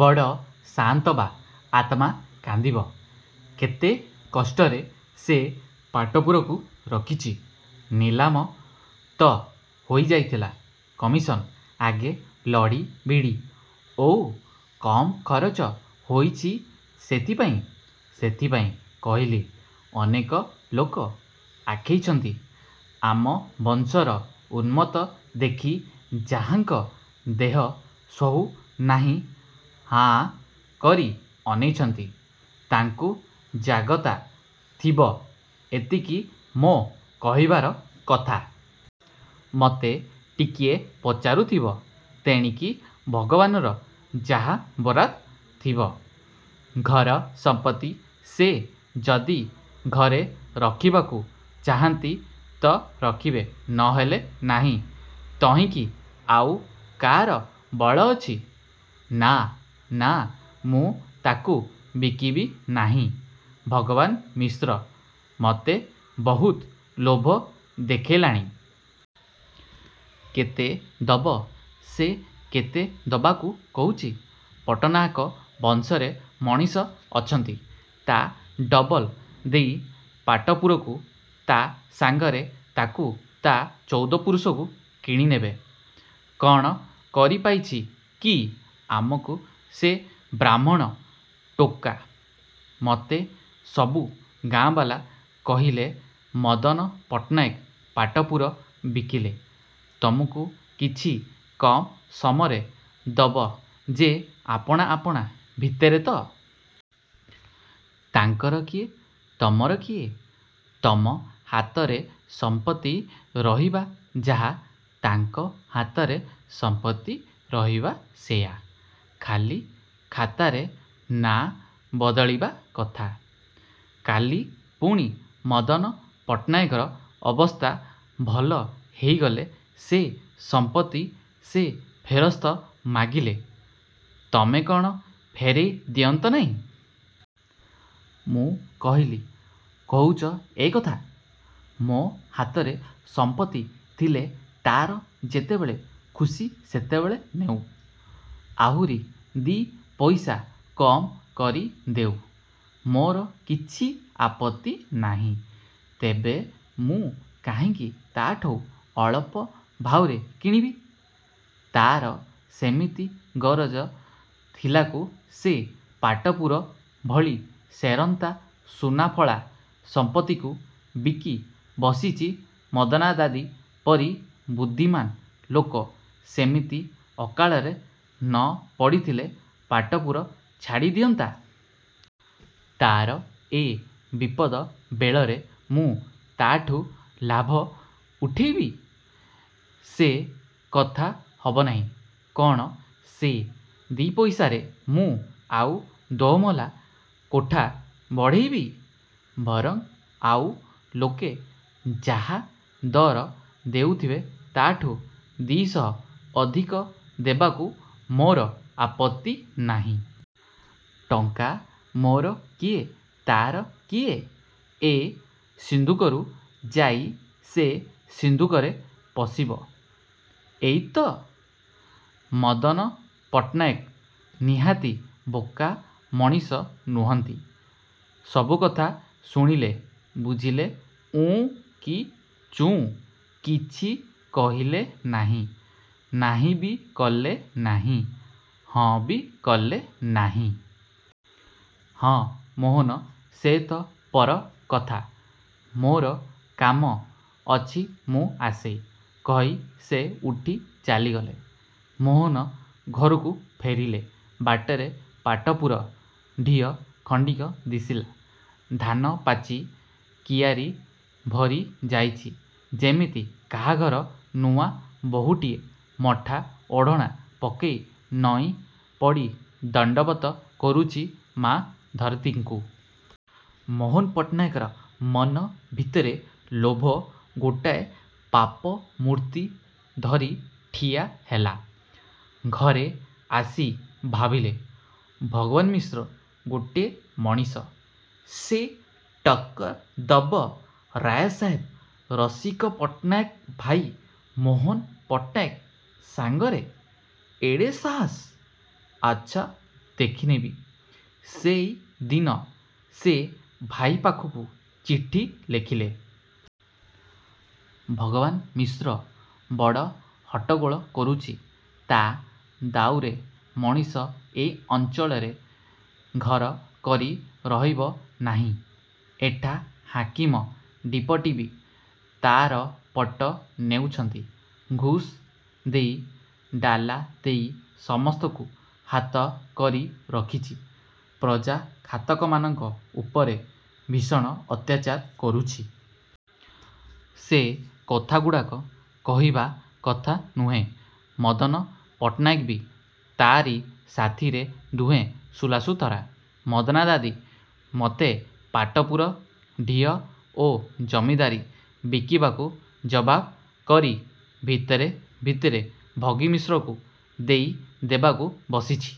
ବଡ଼ ସାଆନ୍ତବା ଆତ୍ମା କାନ୍ଦିବ। କେତେ କଷ୍ଟରେ ସେ ପାଟପୁରକୁ ରଖିଚି। ନିଲାମ ତ ହେଇଯାଇଥିଲା। କମିଶନ୍ ଆଗେ ଲଢ଼ି, ଭିଡ଼ି-ଓଃ କମ୍ ଖରଚ ହେଇଚି ସେଥିପାଇଁ? ସେଥିପାଇଁ କହିଲି, ଅନେକ ଲୋକ ଆଖେଇଛନ୍ତି-ଆମ ବଂଶର ଉନ୍ମତ୍ତ ଦେଖି ଯାହାଙ୍କ ଦେହ ସହୁ ନାହିଁ-ହାଁ କରି ଅନେଇଚନ୍ତି-ତାଙ୍କୁ ଜାଗତା ଥିବ; ଏତିକି ମୋ କହିବାର କଥା। ମୋତେ ଟିକିଏ ପଚାରୁଥିବ-। ତେଣିକି ଭଗବାନ୍ଙ୍କର ଯାହା ବରାଦ ଥିବ। ଘର ସମ୍ପତ୍ତି, ସେ ଯଦି ଘରେ ରଖିବାକୁ ଚାହାଁନ୍ତି ତ ରଖିବେ-ନହେଲେ ନାହିଁ-ତହିଁକି ଆଉ କା'ର ବଳ ଅଛି? '' ''ନା-ନା ମୁଁ ତାକୁ ବିକିବି ନାହିଁ। ଭଗବାନ ମିଶ୍ର। ମୋତେ ବହୁତ ଲୋଭ ଦେଖେଇଲାଣି। କେତେ ଦବ ସେ କେତେ ଦବାକୁ କହୁଛି? ପଟ୍ଟନାହାକ ବଂଶରେ ମଣିଷ ଅଛନ୍ତି, ତା' ଡବଲ ଦେଇ ପାଟପୁରକୁ ତାହା ସାଙ୍ଗରେ ତାକୁ ତା' ଚଉଦପୁରୁଷକୁ କିଣିନେବେ। କ'ଣ କରିପାଇଛି କି ଆମକୁ ସେ ବାହ୍ମୁଣ ଟୋକା। ମୋତେ ସବୁ ଗାଁବାଲା କହିଲେ ମଦନ ପଟ୍ଟନାୟକ ପାଟପୁର ବିକିଲେ, ତମକୁ କିଛି କମ୍ ସମରେ ଦବ ଯେ ଆପଣା ଆପଣା ଭିତରେ ତ! ତାଙ୍କର କିଏ-ତମର କିଏ? ତମ ହାତରେ ସମ୍ପତ୍ତି ରହିବା ଯାହା, ତାଙ୍କ ହାତରେ ସମ୍ପତ୍ତି ରହିବା ସେଇୟା। ଖାଲି ଖାତାରେ ନାଆଁ ବଦଳିବା କଥା। କାଲି ପୁଣି ମଦନ ପଟ୍ଟନାୟକର ଅବସ୍ଥା ଭଲ ହେଇଗଲେ ସେ ସମ୍ପତ୍ତି ସେ ଫେରସ୍ତ ମାଗିଲେ ତମେ କ'ଣ ଫେରେଇ ଦିଅନ୍ତ ନାହିଁ? ମୁଁ କହିଲି-କହୁଛ ଏ କଥା! ମୋ ହାତରେ ସମ୍ପତ୍ତି ଥିଲେ ତା'ର ଯେତେବେଳେ ଖୁସି ସେତେବେଳେ ନେଉ-ଆହୁରି ଦି' ପଇସା କମ୍ କରି ଦେଉ। ମୋର କିଛି ଆପତ୍ତି ନାହିଁ। ତେବେ ମୁଁ କାହିଁକି ତା'ଠଉ ଅଳପ ଭାଉରେ କିଣିବି! ତା'ର ସେମିତି ଗରଜ ଥିଲାକୁ ସେ ପାଟପୁର ଭଳି ସେରନ୍ତା ସୁନାଫଳା ସମ୍ପତ୍ତିକୁ ବିକି ବସିଚି-ମଦନାଦାଦି ପରି ବୁଦ୍ଧିମାନ୍ ଲୋକ ସେମିତି ଅକାଳରେ ନ ପଡ଼ିଥିଲେ ପାଟପୁର ଛାଡ଼ି ଦିଅନ୍ତା? ତା'ର ଏ ବିପଦ ବେଳରେ ମୁଁ ତା'ଠୁ ଲାଭ ଉଠେଇବି! ସେ କଥା ହବ ନାହିଁ। କ'ଣ ସେ ଦିପଇସାରେ ମୁଁ ଆଉ ଦୋମହଲା କୋଠା ବାଡ଼େଇବି? ବରଂ ଆଉ ଲୋକେ ଯାହା ଦର ଦେଉଥିବେ ତା'ଠୁ ଦିଶହ ଅଧିକ ଦେବାକୁ ମୋର ଆପତ୍ତି ନାହିଁ। ଟଙ୍କା ମୋର କିଏ ତା'ର କିଏ? ଏ ସିନ୍ଦୁକରୁ ଯାଇ ସେ ସିନ୍ଦୁକରେ ପଶିବ-। ଏଇ ତ! '' ମଦନ ପଟ୍ଟନାୟକ ନିହାତି ବୋକା ମଣିଷ ନୁହନ୍ତି। ସବୁକଥା ଶୁଣିଲେ, ବୁଝିଲେ, ଉଁ କି ଚୁଁ କିଛି କହିଲେ ନାହିଁ। ନାହିଁବି କଲେ ନାହିଁ-ହଁବି କଲେ ନାହିଁ। ''ହଁ ମୋହନ ସେ ତ ପର କଥା। ମୋର କାମ ଅଛି ମୁଁ ଆସେଇ। '' କହି ସେ ଉଠି ଚାଲିଗଲେ। ମୋହନ ଘରକୁ ଫେରିଲେ। ବାଟରେ ପାଟପୁର ଡିହ ଖଣ୍ଡକ ଦିଶିଲା। ଧାନପାଚି କିଆରି ଭରି ଯାଇଚି। ଯେମିତି କାହାଘର ନୂଆ ବହୂଟିଏ ମଠା ଓଢ଼ଣା ପକେଇ ନଇଁ ପଡ଼ି ଦଣ୍ଡବତ କରୁଚି ମା ଧରତୀଙ୍କୁ। ମୋହନ ପଟ୍ଟନାୟକର ମନ ଭିତରେ ଲୋଭ ଗୋଟାଏ ପାପ ମୂର୍ତ୍ତି ଧରି ଠିଆ ହେଲା। ଘରେ ଆସି ଭାବିଲେ-ଭଗବାନମିଶ୍ର ଗୋଟେ ମଣିଷ, ସେ ଟକ୍କର ଦବ ରାୟସାହେବ ରସିକପଟ୍ଟନାୟକ ଭାଇ ମୋହନ ପଟ୍ଟନାୟକ ସାଙ୍ଗରେ? ଏଡ଼େ ସାହସ? ଆଚ୍ଛା ଦେଖିନେବି। ସେଇ ଦିନ ସେ ଭାଇ ପାଖକୁ ଚିଠି ଲେଖିଲେ। ଭଗବାନ ମିଶ୍ର ବଡ଼ ହଟ୍ଟଗୋଳ କରୁଚି, ତା' ଦାଉରେ ମଣିଷ ଏ ଅଞ୍ଚଳରେ ଘର କରି ରହିବ ନାହିଁ। ଏଠା ହାକିମ ଡିପଟିବି ତା'ର ପଟ ନେଉଛନ୍ତି। ଘୁଷ୍ ଦେଇ, ଡାଲା ଦେଇ ସମସ୍ତକୁ ହାତ କରି ରଖିଛି। ପ୍ରଜା ଖାତକମାନଙ୍କ ଉପରେ ଭୀଷଣ ଅତ୍ୟାଚାର କରୁଛି। ସେ କଥାଗୁଡ଼ାକ କହିବା କଥା ନୁହେଁ। ମଦନ ପଟ୍ଟନାୟକବି ତା'ରି ସାଥିରେ-ଦୁହେଁ ସଲାସୁତରା। ମଦନାଦାଦି ମୋତେ ପାଟପୁର ଡିହ ଓ ଜମିଦାରୀ ବିକିବାକୁ ଜବାବ କରି ଭିତରେ ଭିତରେ ଭଗିମିଶ୍ରକୁ ଦେଇ ଦେବାକୁ ବସିଛି।